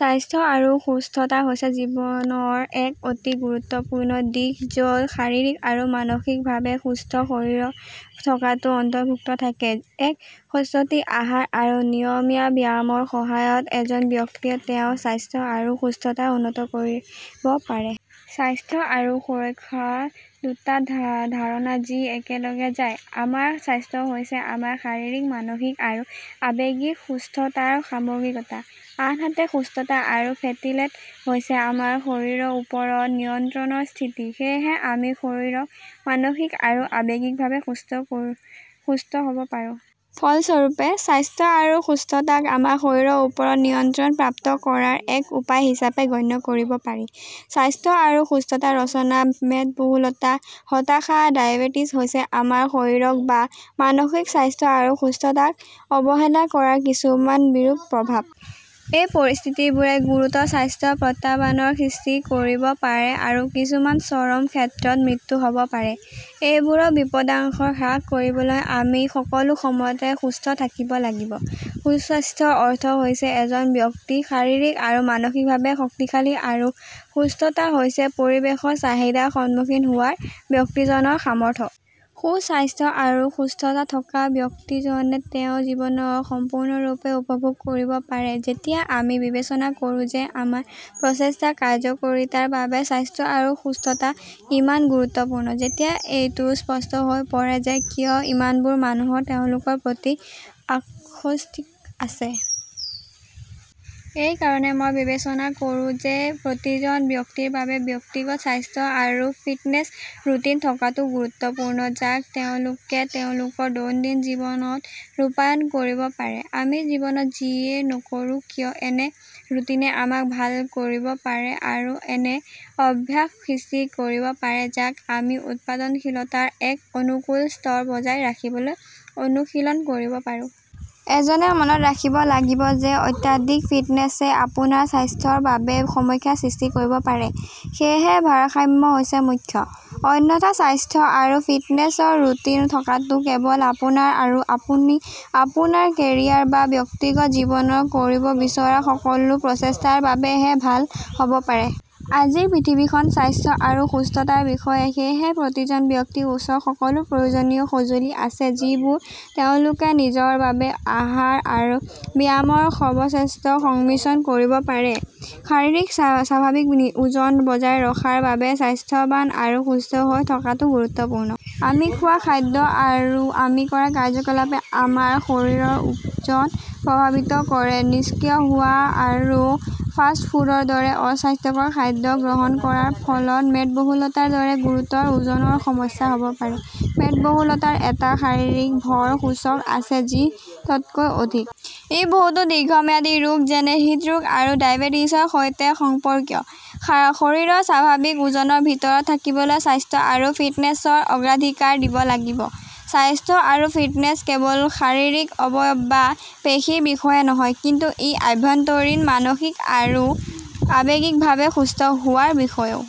স্বাস্থ্য আৰু সুস্থতা হৈছে জীৱনৰ এক অতি গুৰুত্বপূৰ্ণ দিশ য'ত শাৰীৰিক আৰু মানসিকভাৱে সুস্থ শৰীৰ থকাটো অন্তৰ্ভুক্ত থাকে। এক সন্তুলিত আহাৰ আৰু নিয়মীয়া ব্যায়ামৰ সহায়ত এজন ব্যক্তিয়ে তেওঁৰ স্বাস্থ্য আৰু সুস্থতা উন্নত কৰিব পাৰে। স্বাস্থ্য আৰু সুস্থতা দুটা ধাৰণা যি একেলগে যায়। আমাৰ স্বাস্থ্য হৈছে আমাৰ শাৰীৰিক, মানসিক আৰু আৱেগিক সুস্থতাৰ সামগ্ৰিকতা। আনহাতে, সুস্থতা বা ফিটনেছ হৈছে আমাৰ শৰীৰৰ ওপৰত নিয়ন্ত্ৰণৰ স্থিতি। সেয়েহে, আমি শাৰীৰিক, মানসিক আৰু আৱেগিকভাৱে সুস্থ হ'ব পাৰোঁ। ফলস্বৰূপে, স্বাস্থ্য আৰু সুস্থতাক আমাৰ শৰীৰৰ ওপৰত নিয়ন্ত্ৰণ প্ৰাপ্ত কৰাৰ এক উপায় হিচাপে গণ্য কৰিব পাৰি। স্বাস্থ্য আৰু সুস্থতা ৰচনা মেদবহুলতা, হতাশা, ডায়েবেটিচ হৈছে আমাৰ শাৰীৰিক বা মানসিক স্বাস্থ্য আৰু সুস্থতাক অৱহেলা কৰাৰ কিছুমান বিৰূপ প্ৰভাৱ। এই পৰিস্থিতিবোৰে গুৰুতৰ স্বাস্থ্য প্ৰত্যাহ্বানৰ সৃষ্টি কৰিব পাৰে আৰু কিছুমান চৰম ক্ষেত্ৰত মৃত্যু হ'ব পাৰে। এইবোৰৰ বিপদাশংকা হ্ৰাস কৰিবলৈ আমি সকলো সময়তে সুস্থ থাকিব লাগিব। সুস্বাস্থ্যৰ অৰ্থ হৈছে এজন ব্যক্তি শাৰীৰিক আৰু মানসিকভাৱে শক্তিশালী আৰু সুস্থতা হৈছে পৰিৱেশৰ চাহিদাৰ সন্মুখীন হোৱাৰ ব্যক্তিজনৰ সামৰ্থ্য। সুস্বাস্থ্য আৰু সুস্থতা থকা ব্যক্তিজনে তেওঁৰ জীৱন সম্পূৰ্ণৰূপে উপভোগ কৰিব পাৰে। যেতিয়া আমি বিবেচনা কৰোঁ যে আমাৰ প্ৰচেষ্টাৰ কাৰ্যকৰীতাৰ বাবে স্বাস্থ্য আৰু সুস্থতা কিমান গুৰুত্বপূৰ্ণ, তেতিয়া এইটো স্পষ্ট হৈ পৰে যে কিয় ইমান বোৰ মানুহৰ তেওঁলোকৰ প্ৰতি আসক্তি আছে। এইকাৰণে মই বিবেচনা কৰোঁ যে প্ৰতিজন ব্যক্তিৰ বাবে ব্যক্তিগত স্বাস্থ্য আৰু ফিটনেছ ৰুটিন থকাটো গুৰুত্বপূৰ্ণ যাক তেওঁলোকে তেওঁলোকৰ দৈনন্দিন জীৱনত ৰূপায়ণ কৰিব পাৰে। আমি জীৱনত যিয়েই নকৰোঁ কিয় এনে ৰুটিনে আমাক ভাল কৰিব পাৰে আৰু এনে অভ্যাস সৃষ্টি কৰিব পাৰে যাক আমি উৎপাদনশীলতাৰ এক অনুকূল স্তৰ বজাই ৰাখিবলৈ অনুশীলন কৰিব পাৰোঁ। এজনে মনত ৰাখিব লাগিব যে অত্যাধিক ফিটনেছে আপোনাৰ স্বাস্থ্যৰ বাবে সমস্যা সৃষ্টি কৰিব পাৰে, সেয়েহে ভাৰসাম্য হৈছে মুখ্য। অন্যথা স্বাস্থ্য আৰু ফিটনেছ ৰুটিন থকাটো কেৱল আপোনাৰ আৰু আপুনি আপোনাৰ কেৰিয়াৰ বা ব্যক্তিগত জীৱনত কৰিব বিচৰা সকলো প্ৰচেষ্টাৰ বাবে হে ভাল হ'ব পাৰে। আজিৰ পৃথিৱীখন স্বাস্থ্য আৰু সুস্থতাৰ বিষয়ে সেয়েহে প্ৰতিজন ব্যক্তিৰ ওচৰত সকলো প্ৰয়োজনীয় সঁজুলি আছে যিবোৰ তেওঁলোকে নিজৰ বাবে আহাৰ আৰু ব্যায়ামৰ সৰ্বশ্ৰেষ্ঠ সংমিশ্ৰণ কৰিব পাৰে। শৰীৰৰ স্বাভাৱিক ওজন বজাই ৰখাৰ বাবে স্বাস্থ্যৱান আৰু সুস্থ হৈ থকাটোও গুৰুত্বপূৰ্ণ। আমি খোৱা খাদ্য আৰু আমি কৰা কাৰ্যকলাপে আমাৰ শৰীৰৰ ওজন প্ৰভাৱিত কৰে। নিষ্ক্ৰিয় হোৱা আৰু ফাষ্ট ফুডৰ দৰে অস্বাস্থ্যকৰ খাদ্য গ্ৰহণ কৰাৰ ফলত মেদবহুলতাৰ দৰে গুৰুতৰ ওজনৰ সমস্যা হ'ব পাৰে। মেদবহুলতাৰ এটা শৰীৰৰ ভৰ সূচক আছে যি তকৈ অধিক। ই বহুতো দীৰ্ঘম্যাদী ৰোগ যেনে হৃদৰোগ আৰু ডায়েবেটিচৰ সৈতে সম্পৰ্কিত। শৰীৰৰ স্বাভাৱিক ওজনৰ ভিতৰত থাকিবলৈ, স্বাস্থ্য আৰু ফিটনেছক অগ্ৰাধিকাৰ দিব লাগিব। স্বাস্থ্য আৰু ফিটনেছ কেৱল শাৰীৰিক অবয়ব বা পেশীৰ বিষয়ে নহয়, কিন্তু ই আভ্যন্তৰীণ, মানসিক আৰু আৱেগিকভাৱে সুস্থ হোৱাৰ বিষয়েও